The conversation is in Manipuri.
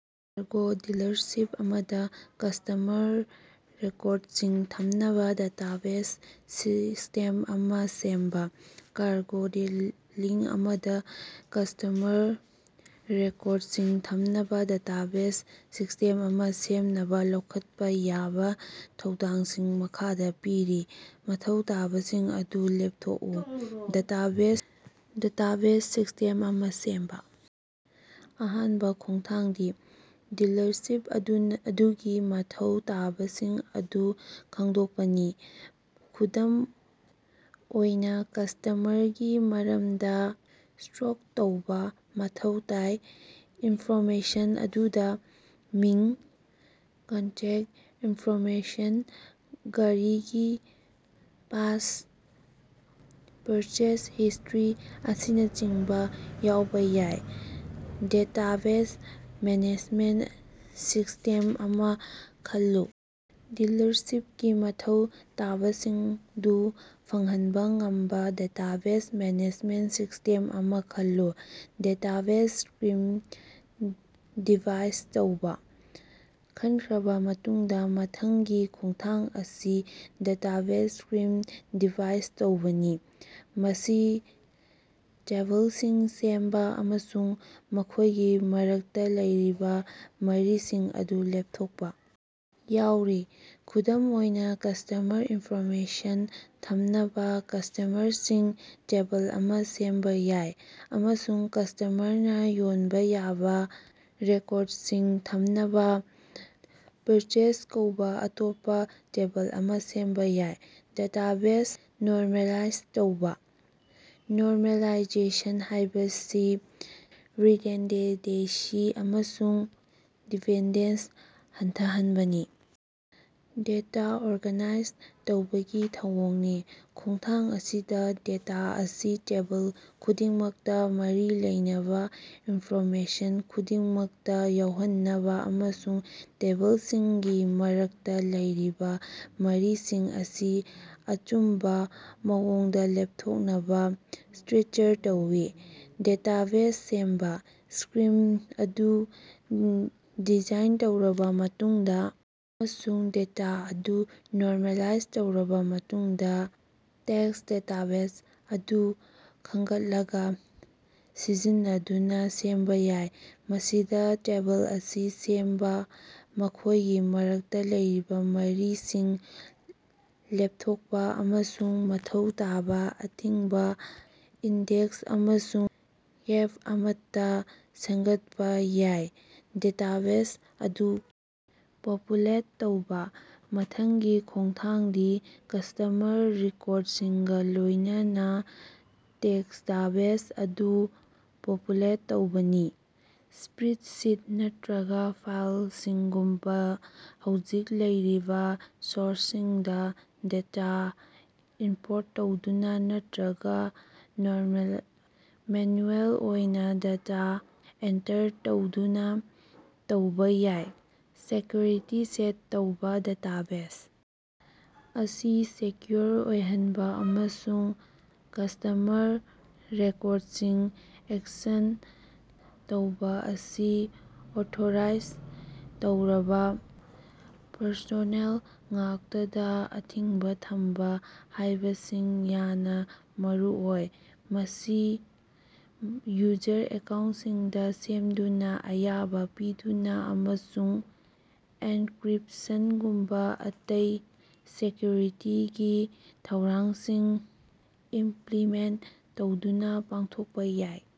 ꯀ‌ꯣ ꯗꯤꯂꯔꯁꯤꯞ ꯑꯃꯗ ꯀꯁꯇꯃꯔ ꯔꯦꯀꯣꯔꯗꯁꯤꯡ ꯊꯝꯅꯕ ꯗꯦꯇꯥꯕꯦꯖ ꯁꯤꯁꯇꯦꯝ ꯑꯃ ꯁꯦꯝꯕ꯫ ꯀꯥꯔꯒꯣ ꯗꯤꯜꯂꯤ ꯑꯃꯗ ꯀꯁꯇꯃꯔ ꯔꯦꯀꯣꯔꯗꯁꯤꯡ ꯊꯝꯅꯕ ꯗꯦꯇꯥꯕꯦꯖ ꯁꯤꯁ꯭ꯇꯦꯝ ꯑꯃ ꯁꯦꯝꯅꯕ ꯂꯧꯈꯠꯄ ꯌꯥꯕ ꯈꯣꯡꯊꯥꯡꯁꯤꯡ ꯃꯈꯥꯗ ꯄꯤꯔꯤ: ꯃꯊꯧ ꯇꯥꯕꯁꯤꯡ ꯑꯗꯨ ꯂꯦꯞꯊꯣꯛꯎ: ꯗꯦꯇꯥꯕꯦꯖ ꯁꯤꯁꯇꯦꯝ ꯑꯃ ꯁꯦꯝꯕꯒꯤ ꯑꯍꯥꯟꯕ ꯈꯣꯡꯊꯥꯡꯗꯤ ꯗꯤꯂꯔꯁꯤꯞ ꯑꯗꯨꯒꯤ ꯃꯊꯧ ꯇꯥꯕꯁꯤꯡ ꯑꯗꯨ ꯈꯪꯗꯣꯛꯄꯅꯤ꯫ ꯈꯨꯗꯝ ꯑꯣꯏꯅ, ꯀꯁꯇꯃꯔꯁꯤꯡꯒꯤ ꯃꯔꯝꯗ ꯁ꯭ꯇꯣꯔ ꯇꯧꯕ ꯃꯊꯧ ꯇꯥꯕ ꯏꯟꯐꯣꯔꯃꯦꯁꯟ ꯑꯗꯨꯗ ꯃꯃꯤꯡ, ꯀꯟꯇꯦꯛꯇ ꯏꯟꯐꯣꯔꯃꯦꯁꯟ, ꯒꯥꯔꯤꯒꯤ ꯄꯁꯟꯗ, ꯄꯔꯆꯦꯖ ꯍꯤꯁꯇꯔꯤ, ꯑꯁꯤꯅꯆꯤꯡꯕ ꯌꯥꯎꯕ ꯌꯥꯏ꯫ ꯗꯦꯇꯥꯕꯦꯖ ꯃꯦꯅꯦꯖꯃꯦꯟꯇ ꯁꯤꯁꯇꯦꯝ ꯑꯃ ꯈꯜꯂꯨ: ꯗꯤꯂꯔꯁꯤꯞꯀꯤ ꯃꯊꯧ ꯇꯥꯕꯁꯤꯡꯗꯨ ꯐꯪꯍꯟꯕ ꯉꯝꯕ ꯗꯦꯇꯥꯕꯦꯖ ꯃꯦꯅꯦꯖꯃꯦꯟꯇ ꯁꯤꯁꯇꯦꯝ ꯑꯃ ꯈꯜꯂꯨ꯫ ꯗꯦꯇꯥꯕꯦꯖ ꯁ꯭ꯀꯤꯝ ꯗꯤꯕꯥꯏꯟ ꯇꯧꯕ: ꯈꯟꯈ꯭ꯔꯕ ꯃꯇꯨꯡꯗ ꯃꯊꯪꯒꯤ ꯈꯣꯡꯊꯥꯡ ꯑꯁꯤ ꯗꯦꯇꯥꯕꯦꯖ ꯁ꯭ꯀꯤꯝ ꯗꯤꯕꯥꯏꯟ ꯇꯧꯕꯅꯤ꯫ ꯃꯁꯤꯗ ꯇꯦꯕꯜꯁꯤꯡ ꯁꯦꯝꯕ ꯑꯃꯁꯨꯡ ꯃꯈꯣꯏꯒꯤ ꯃꯔꯛꯇ ꯂꯩꯔꯤꯕ ꯃꯔꯤꯁꯤꯡ ꯑꯗꯨ ꯂꯦꯞꯊꯣꯛꯄ ꯌꯥꯎꯔꯤ꯫ ꯈꯨꯗꯝ ꯑꯣꯏꯅ, ꯀꯁꯇꯃꯔ ꯏꯟꯐꯣꯔꯃꯦꯁꯟ ꯊꯝꯅꯕ ꯀꯁꯇꯃꯔꯁꯤꯡ ꯇꯦꯕꯜ ꯑꯃ ꯁꯦꯝꯕ ꯌꯥꯏ, ꯑꯃꯁꯨꯡ ꯀꯁꯇꯃꯔꯅ ꯌꯣꯟꯕ ꯌꯥꯕ ꯔꯦꯀꯣꯔꯗꯁꯤꯡ ꯊꯝꯅꯕ ꯄꯔꯆꯦꯖ ꯀꯧꯕ ꯑꯇꯣꯞꯄ ꯇꯦꯕꯜ ꯑꯃ ꯁꯦꯝꯕ ꯌꯥꯏ꯫ ꯗꯥꯇꯥꯕꯦꯖ ꯅꯣꯔꯃꯦꯂꯥꯏꯖ ꯇꯧꯕ: ꯅꯣꯔꯃꯦꯂꯥꯏꯖꯦꯁꯟ ꯍꯥꯏꯕꯁꯤ ꯔꯤꯗꯟꯗꯦꯟꯁꯤ ꯑꯃꯁꯨꯡ ꯗꯤꯄꯦꯟꯗꯦꯟꯁ ꯍꯟꯊꯍꯟꯅꯕ ꯗꯦꯇꯥ ꯑꯣꯔꯒꯅꯥꯏꯖ ꯇꯧꯕꯒꯤ ꯊꯧꯑꯣꯡꯅꯤ꯫ ꯈꯣꯡꯊꯥꯡ ꯑꯁꯤꯗꯥ, ꯗꯦꯇꯥ ꯑꯁꯤ ꯇꯦꯕꯜ ꯈꯨꯗꯤꯡꯃꯛꯇꯥ ꯃꯔꯤ ꯂꯩꯅꯕ ꯏꯟꯐꯣꯔꯃꯦꯁꯟ ꯈꯛꯇꯃꯛ ꯌꯥꯎꯍꯟꯅꯕ ꯑꯃꯁꯨꯡ ꯇꯦꯕꯜꯁꯤꯡꯒꯤ ꯃꯔꯛꯇ ꯂꯩꯔꯤꯕ ꯃꯔꯤꯁꯤꯡ ꯑꯁꯤ ꯑꯆꯨꯝꯕ ꯃꯑꯣꯡꯗ ꯂꯦꯞꯊꯣꯛꯅꯕ ꯁ꯭ꯇꯔꯛꯆꯔ ꯇꯧꯏ꯫ ꯗꯦꯇꯥꯕꯦꯖ ꯁꯦꯝꯕ: ꯁ꯭ꯀꯤꯝ ꯑꯗꯨ ꯗꯤꯖꯥꯏꯟ ꯇꯧꯔꯕ ꯃꯇꯨꯡꯗ ꯑꯃꯁꯨꯡ ꯗꯦꯇꯥ ꯑꯗꯨ ꯅꯣꯔꯃꯦꯂꯥꯏꯖ ꯇꯧꯔꯕ ꯃꯇꯨꯡꯗ, ꯇ‌ꯦꯁ ꯗꯦꯇꯥꯕꯦꯖ ꯑꯗꯨ ꯈꯟꯒꯠꯂꯒ ꯁꯤꯖꯤꯟꯅꯗꯨꯅ ꯁꯦꯝꯕ ꯌꯥꯏ꯫ ꯃꯁꯤꯗ ꯇꯦꯕꯜꯁꯤꯡ ꯁꯦꯝꯕ, ꯃꯈꯣꯏꯒꯤ ꯃꯔꯛꯇ ꯂꯩꯔꯤꯕ ꯃꯔꯤꯁꯤꯡ ꯂꯦꯞꯊꯣꯛꯄ, ꯑꯃꯁꯨꯡ ꯃꯊꯧ ꯇꯥꯕ ꯑꯊꯤꯡꯕ ꯏꯟꯗꯦꯛꯁ ꯑꯃꯁꯨꯡ ꯚꯤꯎ ꯑꯃꯠꯇ ꯁꯦꯝꯒꯠꯄ ꯌꯥꯏ꯫ ꯗꯦꯇꯥꯕꯦꯖ ꯑꯗꯨ ꯄꯣꯄꯨꯂꯦꯠ ꯇꯧꯕ: ꯃꯊꯪꯒꯤ ꯈꯣꯡꯊꯥꯡꯗꯤ ꯀꯁꯇꯃꯔ ꯔꯦꯀꯣꯔꯗꯁꯤꯡꯒꯥ ꯂꯣꯌꯅꯅꯥ ꯗꯦꯇꯥꯕꯦꯖ ꯑꯗꯨ ꯄꯣꯄꯨꯂꯦꯠ ꯇꯧꯕꯅꯤ꯫ ꯃꯁꯤ ꯁ꯭ꯄꯔꯦꯗꯁꯤꯠ ꯅꯠꯇ꯭ꯔꯒ ꯐꯥꯏꯜꯁꯤꯡꯒꯨꯝꯕ ꯍꯧꯖꯤꯛ ꯂꯩꯔꯤꯕ ꯁꯣꯔꯁꯁꯤꯡꯗꯒꯤ ꯗꯦꯇꯥ ꯏꯝꯄꯣꯔꯠ ꯇꯧꯗꯨꯅ ꯅꯠꯇ꯭ꯔꯒ ꯃꯦꯅꯨꯑꯦꯜ ꯑꯣꯏꯅ ꯗꯦꯇꯥ ꯑꯦꯟꯇꯔ ꯇꯧꯗꯨꯅ ꯇꯧꯕ ꯌꯥꯏ꯫ ꯁꯦꯀ꯭ꯌꯨꯔꯤꯇꯤ ꯁꯦꯠ ꯇꯧꯕ: ꯗꯦꯇꯥꯕꯦꯖ ꯑꯁꯤ ꯁꯦꯀ꯭ꯌꯨꯑꯣꯔ ꯑꯣꯏꯍꯟꯕ ꯑꯃꯁꯨꯡ ꯀꯁꯇꯃꯔ ꯔꯦꯀꯣꯔꯗꯁꯤꯡ ꯑꯦꯛꯁꯦꯁ ꯇꯧꯕ ꯑꯁꯤ ꯑꯣꯊꯣꯔꯥꯏꯖ ꯇꯧꯔꯕ ꯄꯔꯁꯣꯅꯦꯜ ꯉꯥꯛꯇꯗ ꯑꯊꯤꯡꯕ ꯊꯝꯕ ꯍꯥꯏꯕꯁꯤ ꯌꯥꯝꯅ ꯃꯔꯨꯑꯣꯏ꯫ ꯃꯁꯤ ꯌꯨꯖꯔ ꯑꯦꯀꯥꯎꯟꯇꯁꯤꯡ ꯁꯦꯝꯗꯨꯅ, ꯑꯌꯥꯕ ꯄꯤꯗꯨꯅ, ꯑꯃꯁꯨꯡ ꯑꯦꯟꯀ꯭ꯔꯤꯞꯁꯟꯒꯨꯝꯕ ꯑꯇꯩ ꯁꯦꯀ꯭ꯌꯨꯔꯤꯇꯤꯒꯤ ꯊꯧꯔꯥꯡꯁꯤꯡ ꯏꯝꯄ꯭ꯂꯤꯃꯦꯟꯇ ꯇꯧꯗꯨꯅ ꯄꯥꯡꯊꯣꯛꯄ ꯌꯥꯏ꯫